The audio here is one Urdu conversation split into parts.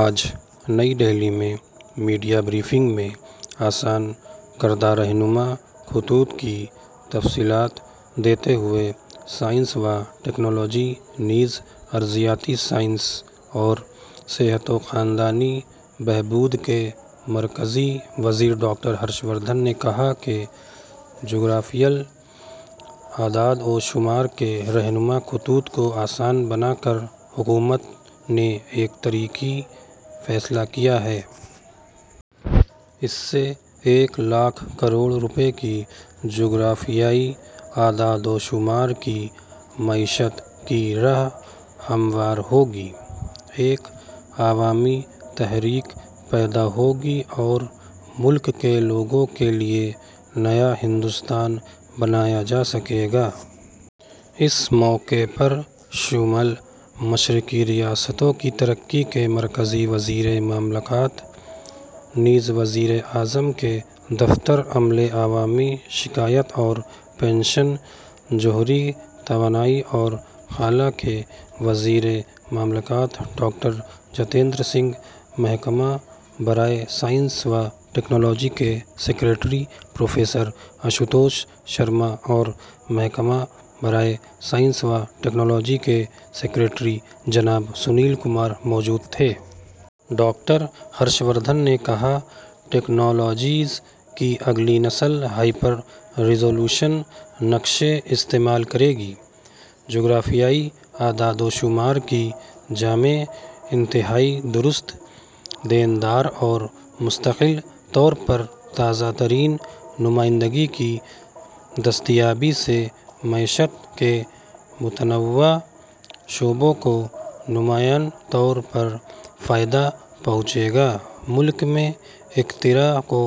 آج نئی دہلی میں میڈیا بریفنگ میں آسان کردہ رہنما خطوط کی تفصیلات دیتے ہوئے سائنس و ٹیکنالوجی، نیز ارضیاتی سائنسز اور صحت و خاندانی بہبود کے مرکزی وزیر ڈاکٹر ہرش وردھن نے کہا کہ جغرافیائی اعداد و شمار کے رہنما خطوط کو آسان بنا کر حکومت نے ایک تاریخی فیصلہ کیا ہے۔ اس سے ایک لاکھ کروڑ روپے کی جغرافیائی اعداد و شمار کی معیشت کی راہ ہموار ہوگی، ایک عوامی تحریک پیدا ہوگی اور ملک کے لوگوں کے لیے نیا ہندوستان بنایا جا سکے گا۔ اس موقع پر شمال مشرقی ریاستوں کی ترقی کے مرکزی وزیر مملکت، نیز وزیر اعظم کے دفتر، عملے، عوامی شکایات اور پنشن، جوہری توانائی اور خلا کے وزیر مملکت ڈاکٹر جتیندر سنگھ، محکمہ برائے سائنس و ٹیکنالوجی کے سکریٹری پروفیسر آشوتوش شرما اور محکمہ برائے سائنس و ٹیکنالوجی کے سکریٹری جناب سنیل کمار موجود تھے۔ ڈاکٹر ہرش وردھن نے کہا، "ٹیکنالوجیز کی اگلی نسل ہائپر ریزولوشن نقشے استعمال کرے گی۔ جغرافیائی اعداد و شمار کی جامع، انتہائی درست، دانے دار اور مستقل طور پر تازہ ترین نمائندگی کی دستیابی سے معیشت کے متنوع شعبوں کو نمایاں طور پر فائدہ پہنچے گا، ملک میں اختراع کو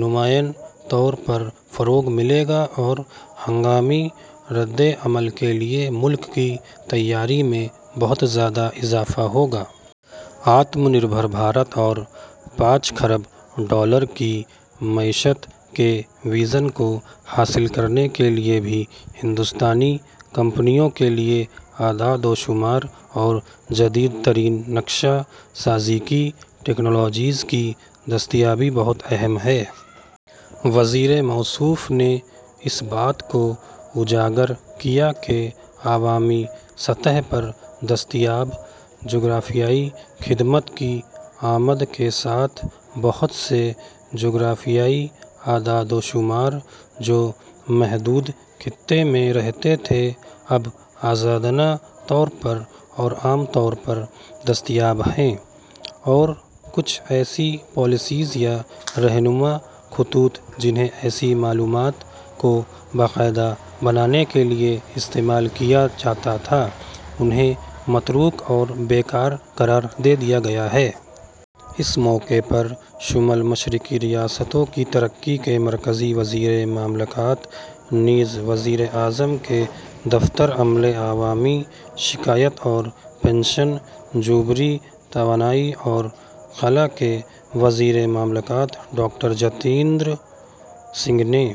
نمایاں طور پر فروغ ملے گا اور ہنگامی ردعمل کے لیے ملک کی تیاری میں بہت زیادہ اضافہ ہوگا۔ آتم نربھر بھارت اور پانچ کھرب ڈالر کی معیشت کے وژن کو حاصل کرنے کے لیے بھی ہندوستانی کمپنیوں کے لیے اعداد و شمار اور جدید ترین نقشہ سازی کی ٹیکنالوجیز کی دستیابی بہت اہم ہے۔ وزیر موصوف نے اس بات کو اجاگر کیا کہ "عوامی سطح پر دستیاب جغرافیائی خدمات کی آمد کے ساتھ، بہت سے جغرافیائی اعداد و شمار جو محدود خطے میں رہتے تھے، اب آزادانہ طور پر اور عام طور پر دستیاب ہیں، اور کچھ ایسی پالیسیاں یا رہنما خطوط جنہیں ایسی معلومات کو باقاعدہ بنانے کے لیے استعمال کیا جاتا تھا، انہیں متروک اور بے کار قرار دے دیا گیا ہے۔" اس موقع پر شمال مشرقی ریاستوں کی ترقی کے مرکزی وزیر مملکت، نیز وزیر اعظم کے دفتر، عملے، عوامی شکایات اور پنشن، جوہری توانائی اور خلا کے وزیر مملکت ڈاکٹر جتیندر سنگھ نے